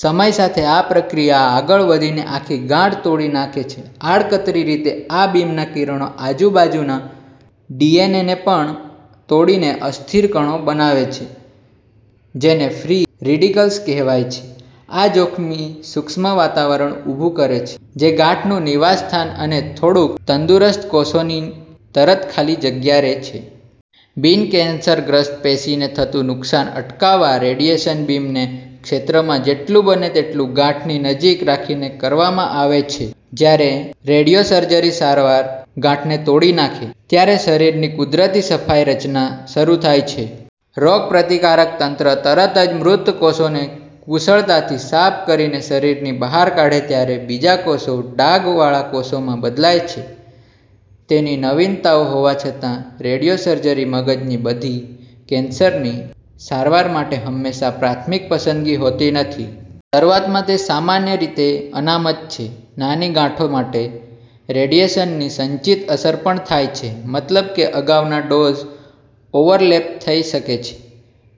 સમયસાથે, આ પ્રક્રિયા આગળ વધીને આખી ગાંઠ તોડી નાખે છે. આડકતરી રીતે, આ બીમ ના કિરણો આજુબાજુ ના ડીએનએ ને પણ તોડીને અસ્થિર કણો બનાવે છે જેને ફ્રી રેડિકલ્સ કહેવાય છે. આ જોખમી સૂક્ષ્મવાતાવરણ ઉભું કરે છે જે ગાંઠ નું નિવાસસ્થાન, અને થોડાક તંદુરસ્ત કોષો ની તરત ખાલી જગ્યારે છે. બિન-કેન્સરગ્રસ્ત પેશીને થતુ નુકશાન અટકાવા રેડીએશન બીમ ને ક્ષેત્રમા જેટલુ બને તેટલુ ગાંઠ ની નજીક રાખીને કરવામા આવે છે. જયારે રેડીઓસર્જરી સારવાર ગાંઠને તોડી નાખે, ત્યારે શરીરની કુદરતી સફાઈ રચના શરુ થાય છે. રોગપ્રતિકારક તંત્ર તરતજ મૃત કોષોને કુશળતાથી સાફ કરીને શરીરની બહાર કાઢે ત્યારે બીજા કોષો ડાઘ વાળા કોષોમા બદલાય છે. તેની નવીનતાઓ હોવા છતાં, રેડિયોસર્જરી મગજની બધી કેન્સરની સારવાર માટે હંમેશાં પ્રાથમિક પસંદગી હોતી નથી. શરૂઆત મા, તે સામાન્ય રીતે અનામત છે નાની ગાંઠો માટે. રેડિયેશન ની સંચિત અસર પણ થાય છે, મતલબ કે અગાઉના ડોઝ ઓવરલેપ થઈ શકે છે,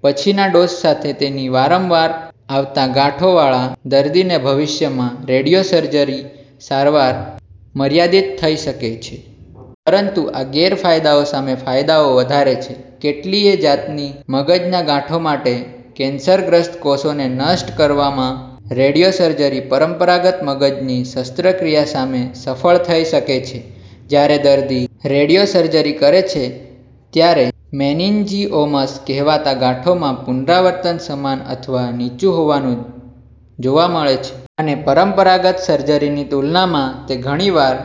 પછીના ડોઝ સાથે. તેથી વારંવાર આવતા ગાંઠોવાળા દર્દીને ભવિષ્યમાં રેડિયોસર્જરી સારવાર મર્યાદિત થઈ શકે છે. પરંતુ આ ગેરફાયદાઓ સામે ફાયદાઓ વધારે છે. કેટલીય જાતની મગજના ગાંઠો માટે, કેન્સરગ્રસ્ત કોષોને નષ્ટ કરવામા રેડિયો સર્જરી પરંપરાગત મગજની શસ્ત્રક્રિયા સામે સફળ થઈ શકે છે. જયારે દર્દી રેડિયોસર્જરી કરે છે, ત્યારે મેનિન્જિઓમસ કહેવાતા ગાંઠોમાં, પુનરાવર્તન સમાન અથવા નીચું હોવાનું જોવા મળે છે. અને પરંપરાગત સર્જરીની તુલનામાં- તે ઘણીવાર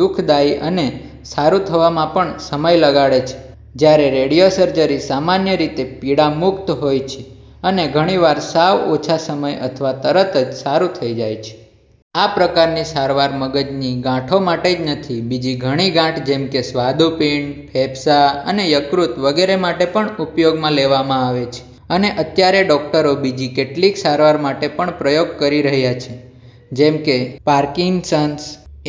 દુઃખદાયી અને સારું થવામા પણ સમય લગાડે છે. જયારે રેડિયોસર્જરી સામાન્ય રીતે પીડા મુક્ત હોય છે, અને ઘણીવાર સાવ ઓછા સમય અથવા તરતજ સારું થઇ જાય છે. આ પ્રકારની સારવાર મગજની ગાંઠો માટે જ નથી: બીજી ઘણીગાંઠ જેમકે સ્વાદુપિંડ, ફેફસાં અને યકૃત વગેરે માટે પણ ઉપયોગમા લેવામા આવે છે. અને અત્યારે, ડોકટરો બીજી કેટલીક સારવાર માટે પણ પ્રયોગ કરી રહ્યા છે જેમકે પાર્કિન્સન્સ,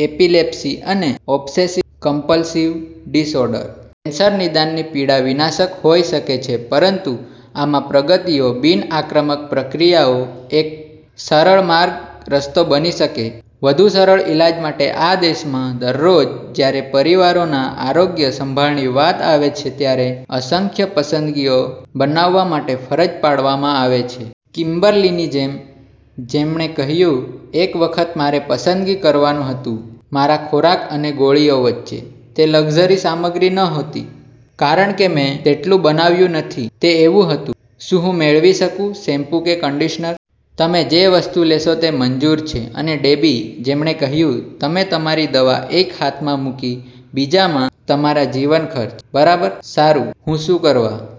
એપિલેપ્સી, અને ઓબ્સેસીવ કમ્પલસિવ ડિસઑડર. કેન્સર નિદાનની પીડા વિનાશક હોઈ શકે છે, પરંતુ આમાં પ્રગતિઓ બિન-આક્રમક પ્રક્રિયાઓ એક સરળ માર્ગ રસ્તો બની શકે. વધુ સરળ ઇલાજ માટે આ દેશમાં દરરોજ, જ્યારે પરિવારોના આરોગ્ય સંભાળની વાત આવે છે ત્યારે અશક્ય પસંદગીઓ બનાવવા માટે ફરજ પાડવામાં આવે છે. કિમ્બર્લીની જેમ, જેમણે કહ્યું, "એક વખત મારે પસંદ કરવાનું હતું મારા ખોરાક અને ગોળીઓ વચ્ચે. તે લક્ઝરી સામગ્રી નહોતી, કારણ કે મેં તેટલું બનાવ્યું નથી. તે એવું હતું, 'શું હું મેળવી શકું શેમ્પૂ કે કન્ડિશનર? ' તમે જે વસ્તુઓ લેશો તે મંજૂર છે. " અને ડેબી, જેમણે કહ્યું, "તમે તમારી દવા એક હાથમાં મૂકી, બીજામાં તમારા જીવન ખર્ચ. બરાબર. સારું, હું શું કરવા